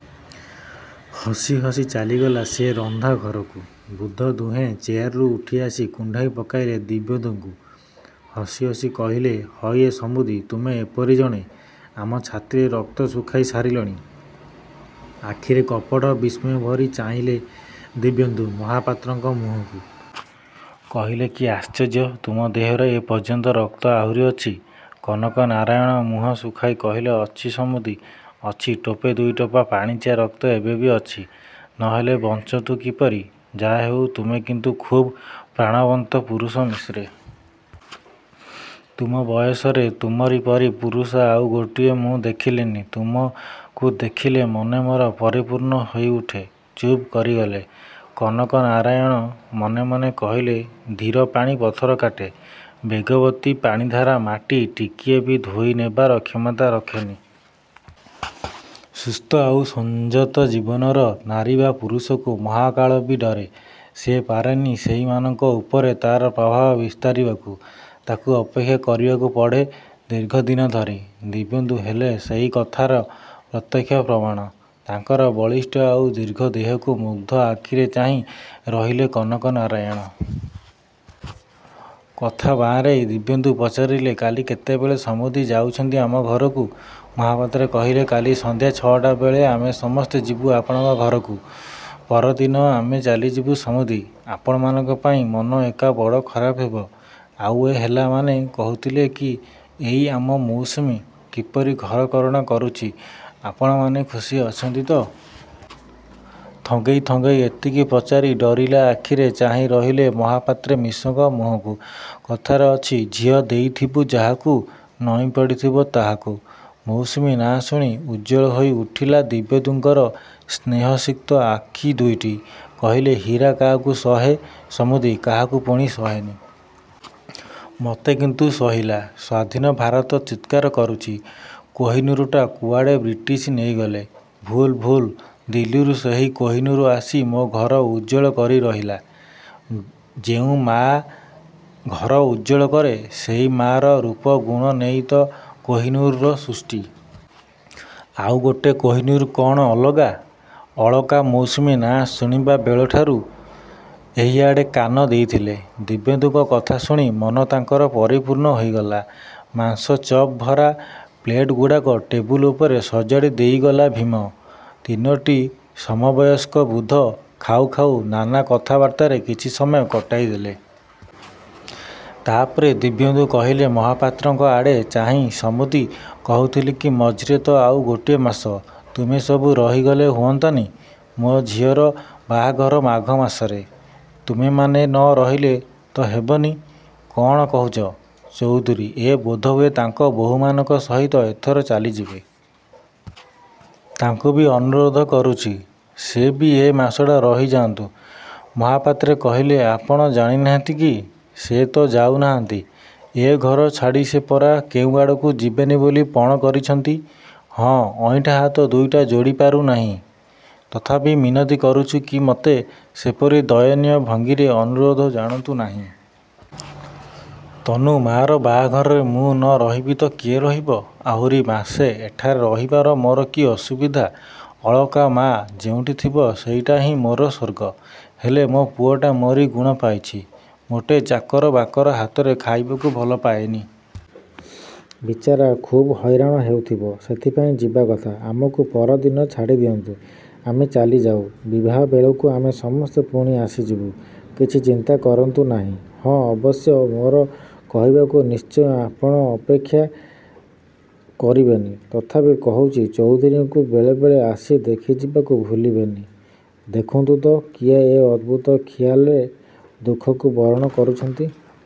ହସି ହସି ଚାଲିଗଲା ସିଏ ରନ୍ଧା ଘରକୁ। ବୃଦ୍ଧ ଦୁହେଁ ଚେୟାରରୁ ଉଠି ଆସି କୁଣ୍ଢାଇ ପକାଇଲେ ଦିବ୍ୟେନ୍ଦୁଙ୍କୁ। ହସି ହସି କହିଲେ ହଇଏ ସମୁଦି, ତୁମେ ଏପରି ଜଣେ? ଆମ ଛାତିର ରକ୍ତ ଶୁଖାଇ ସାରିଲଣି। ଆଖିରେ କପଟ ବିସ୍ମୟ ଭରି ଚାହିଁଲେ ଦିବ୍ୟେନ୍ଦୁ ମହାପାତ୍ରଙ୍କ ମୁହଁକୁ। କହିଲେ କି ଆଶ୍ଚର୍ଯ୍ୟ, ତୁମ ଦେହରେ ଏପର୍ଯ୍ୟନ୍ତ ରକ୍ତ ଆହୁରି ଅଛି? କନକନାରାୟଣ ମୁହଁ ଶୁଖାଇ କହିଲେ ଅଛି ସମୁଦି, ଅଛି ଟୋପେ ଦୁଇଟୋପା ପାଣିଚିଆ ରକ୍ତ ଏବେ ବି ଅଛି। ନ ହେଲେ ବଞ୍ଚନ୍ତୁ କିପରି। ଯାହାହେଉ, ତୁମେ କିନ୍ତୁ ଖୁବ୍ ପ୍ରାଣବନ୍ତ ପୁରୁଷ ମିଶ୍ରେ। ତୁମ ବୟସରେ ତୁମରି ପରି ପୁରୁଷ ଆଉ ଗୋଟିଏ ମୁଁ ଦେଖିଲିନି। ତୁମକୁ ଦେଖିଲେ ମନ ମୋର ପରିପୂର୍ଣ୍ଣ ହୋଇ ଉଠେ। ଚୁପ୍ କରିଗଲେ କନକନାରାୟଣ। ମନେ ମନେ କହିଲେ 'ଧୀର ପାଣି ପଥର କାଟେ'। ବେଗବତୀ ପାଣିଧାରା ମାଟି ଟିକିଏ ବି ଧୋଇ ନେବାର କ୍ଷମତା ରଖେନି। ସୁସ୍ଥ ଆଉ ସଂଯତ ଜୀବନର ନାରୀ ବା ପୁରୁଷକୁ ମହାକାଳ ବି ଡରେ। ସେ ପାରେନି ସେଇମାନଙ୍କ ଉପରେ ତା'ର ପ୍ରଭାବ ବିସ୍ତାରିବାକୁ। ତାକୁ ଅପେକ୍ଷା କରିବାକୁ ପଡ଼େ ଦୀର୍ଘଦିନ ଧରି। ଦିବ୍ୟେନ୍ଦୁ ହେଲେ ସେହି କଥାର ପ୍ରତ୍ୟକ୍ଷ ପ୍ରମାଣ। ତାଙ୍କର ବଳିଷ୍ଠ ଆଉ ଦୀର୍ଘ ଦେହକୁ ମୁଗ୍ଧ ଆଖିରେ ଚାହିଁ ରହିଲେ କନକନାରାୟଣ। କଥା ବାଆଁରେଇ ଦିବ୍ୟେନ୍ଦୁ ପଚାରିଲେ କାଲି କେତେବେଳେ ସମୁଦି ଯାଉଛନ୍ତି ଆମ ଘରକୁ। ମହାପାତ୍ରେ କହିଲେ କାଲି ସନ୍ଧ୍ୟା ଛଅଟା ବେଳେ ଆମେ ସମସ୍ତେ ଯିବୁ ଆପଣଙ୍କ ଘରକୁ। ପରଦିନ ଆମେ ଚାଲିଯିବୁ ସମୁଦି। ଆପଣମାନଙ୍କ ପାଇଁ ମନ ଏକା ବଡ଼ ଖରାପ ହେବ। ଆଉ ଏ ହେଲା, ମାନେ କହୁଥିଲେ କି ଏଇ ଆମ ମୌସୁମୀ, କିପରି ଘରକରଣା କରୁଛି, ଆପଣମାନେ ଖୁସି ଅଛନ୍ତି ତ? ଥଙ୍ଗେଇ, ଥଙ୍ଗେଇ ଏତିକି ପଚାରି ଡରିଲା ଆଖିରେ ଚାହିଁ ରହିଲେ ମହାପାତ୍ରେ ମିଶ୍ରଙ୍କ ମୁହଁକୁ। କଥାରେ ଅଛି "ଝିଅ ଦେଇଥିବୁ ଯାହାକୁ, ନଇଁ ପଡ଼ିଥିବ ତାହାକୁ।" ମୌସୁମୀ ନାଁ ଶୁଣି ଉଜ୍ଜ୍ୱଳ ହୋଇ ଉଠିଲା ଦିବ୍ୟେନ୍ଦୁଙ୍କର ସ୍ନେହସିକ୍ତ ଆଖି ଦୁଇଟି। କହିଲେ ହୀରା କାହାକୁ ସହେ ସମୁଦି କାହାକୁ ପୁଣି ସହେନି। ମତେ କିନ୍ତୁ ସହିଲା। ସ୍ୱାଧୀନ ଭାରତ ଚିତ୍କାର କରୁଛି, କୋହିନୂରଟା କୁଆଡ଼େ ବ୍ରିଟିଶ ନେଇଗଲେ। ଭୁଲ, ଭୁଲ, ଦିଲ୍ଲୀରୁ ସେହି କୋହିନୂର ଆସି ମୋ ଘର ଉଜ୍ଜ୍ୱଳ କରି ରହିଲା। ଯେଉଁ ମାଆ ଘର ଉଜ୍ଜ୍ୱଳ କରେ ସେଇ ମାଆର ରୂପ ଗୁଣ ନେଇ ତ କୋହିନୂରର ସୃଷ୍ଟି। ଆଉ ଗୋଟେ କୋହିନୂର କ'ଣ ଅଲଗା? ଅଳକା ମୌସୁମୀ ନାଁ ଶୁଣିବା ବେଳଠାରୁ ଏହିଆଡ଼େ କାନ ଦେଇଥିଲେ। ଦିବ୍ୟେନ୍ଦୁଙ୍କ କଥା ଶୁଣି ମନ ତାଙ୍କର ପରିପୂର୍ଣ୍ଣ ହୋଇଗଲା। ମାଂସ ଚପ୍ ଭରା ପ୍ଲେଟ୍‌ଗୁଡ଼ାକ ଟେବୁଲ୍ ଉପରେ ସଜାଡ଼ି ଦେଇଗଲା ଭୀମ। ତିନୋଟି ସମବୟସ୍କ ବୃଦ୍ଧ ଖାଉ ଖାଉ ନାନା କଥାବାର୍ତ୍ତାରେ କିଛି ସମୟ କଟାଇ ଦେଲେ। ତା' ପରେ ଦିବ୍ୟେନ୍ଦୁ କହିଲେ ମହାପାତ୍ରଙ୍କ ଆଡ଼େ ଚାହିଁ ସମୁଦି କହୁଥିଲି କି ମଝିରେ ତ ଆଉ ଗୋଟିଏ ମାସ। ତୁମେ ସବୁ ରହିଗଲେ ହୁଅନ୍ତାନି? ମୋ ଝିଅର ବାହାଘର ମାଘ ମାସରେ। ତୁମେମାନେ ନ ରହିଲେ ତ ହେବନି। କ'ଣ କହୁଛ? ଚୌଧୁରୀ ଏ ବୋଧହୁଏ ତାଙ୍କ ବୋହୂମାନଙ୍କ ସହିତ ଏଥର ଚାଲିଯିବେ। ତାଙ୍କୁ ବି ଅନୁରୋଧ କରୁଛି। ସେ ବି ଏ ମାସଟା ରହିଯାଆନ୍ତୁ। ମହାପାତ୍ରେ କହିଲେ ଆପଣ ଜାଣିନାହାନ୍ତି କି? ସେ ତ ଯାଉନାହାନ୍ତି। ଏ ଘର ଛାଡ଼ି ସେ ପରା କେଉଁଆଡ଼କୁ ଯିବେନି ବୋଲି ପଣ କରିଛନ୍ତି। ହଁ, ଅଇଁଠା ହାତ ଦୁଇଟା ଯୋଡ଼ି ପାରୁ ନାହିଁ, ତଥାପି ମିନତି କରୁଛି କି ମତେ, ସେପରି ଦୟନୀୟ ଭଙ୍ଗୀରେ ଅନୁରୋଧ ଜଣାନ୍ତୁ ନାହିଁ। ତନୁ ମା'ର ବାହାଘରରେ ମୁଁ ନ ରହିବି ତ କିଏ ରହିବ? ଆହୁରି ମାସେ ଏଠାରେ ରହିବାରେ ମୋର କି ଅସୁବିଧା। ଅଳକା ମା' ଯେଉଁଠି ଥିବ ସେଇଟାହିଁ ମୋର ସ୍ୱର୍ଗ। ହେଲେ ମୋ ପୁଅଟା ମୋରି ଗୁଣ ପାଇଛି। ମୋଟେ ଚାକର ବାକର ହାତରେ ଖାଇବାକୁ ଭଲ ପାଏନି। ବିଚାରା ଖୁବ୍ ହଇରାଣ ହେଉଥିବ। ସେଇଥିପାଇଁ ଯିବା କଥା। ଆମକୁ ପରଦିନ ଛାଡ଼ି ଦିଅନ୍ତୁ, ଆମେ ଚାଲିଯାଉ। ବିବାହ ବେଳକୁ ଆମେ ସମସ୍ତେ ପୁଣି ଆସିଯିବୁ। କିଛି ଚିନ୍ତା କରନ୍ତୁ ନାହିଁ। ହଁ, ଅବଶ୍ୟ ମୋର କହିବାକୁ ନିଶ୍ଚୟ ଆପଣ ଅପେକ୍ଷା କରିବେନି, ତଥାପି କହୁଛି ଚୌଧୁରୀଙ୍କୁ ବେଳେ ବେଳେ ଆସି ଦେଖିଯିବାକୁ ଭୁଲିବେନି। ଦେଖନ୍ତୁ ତ କି ଏକ ଅଦ୍ଭୁତ ଖିଆଲରେ ଦୁଃଖକୁ ବରଣ କରୁଛନ୍ତି।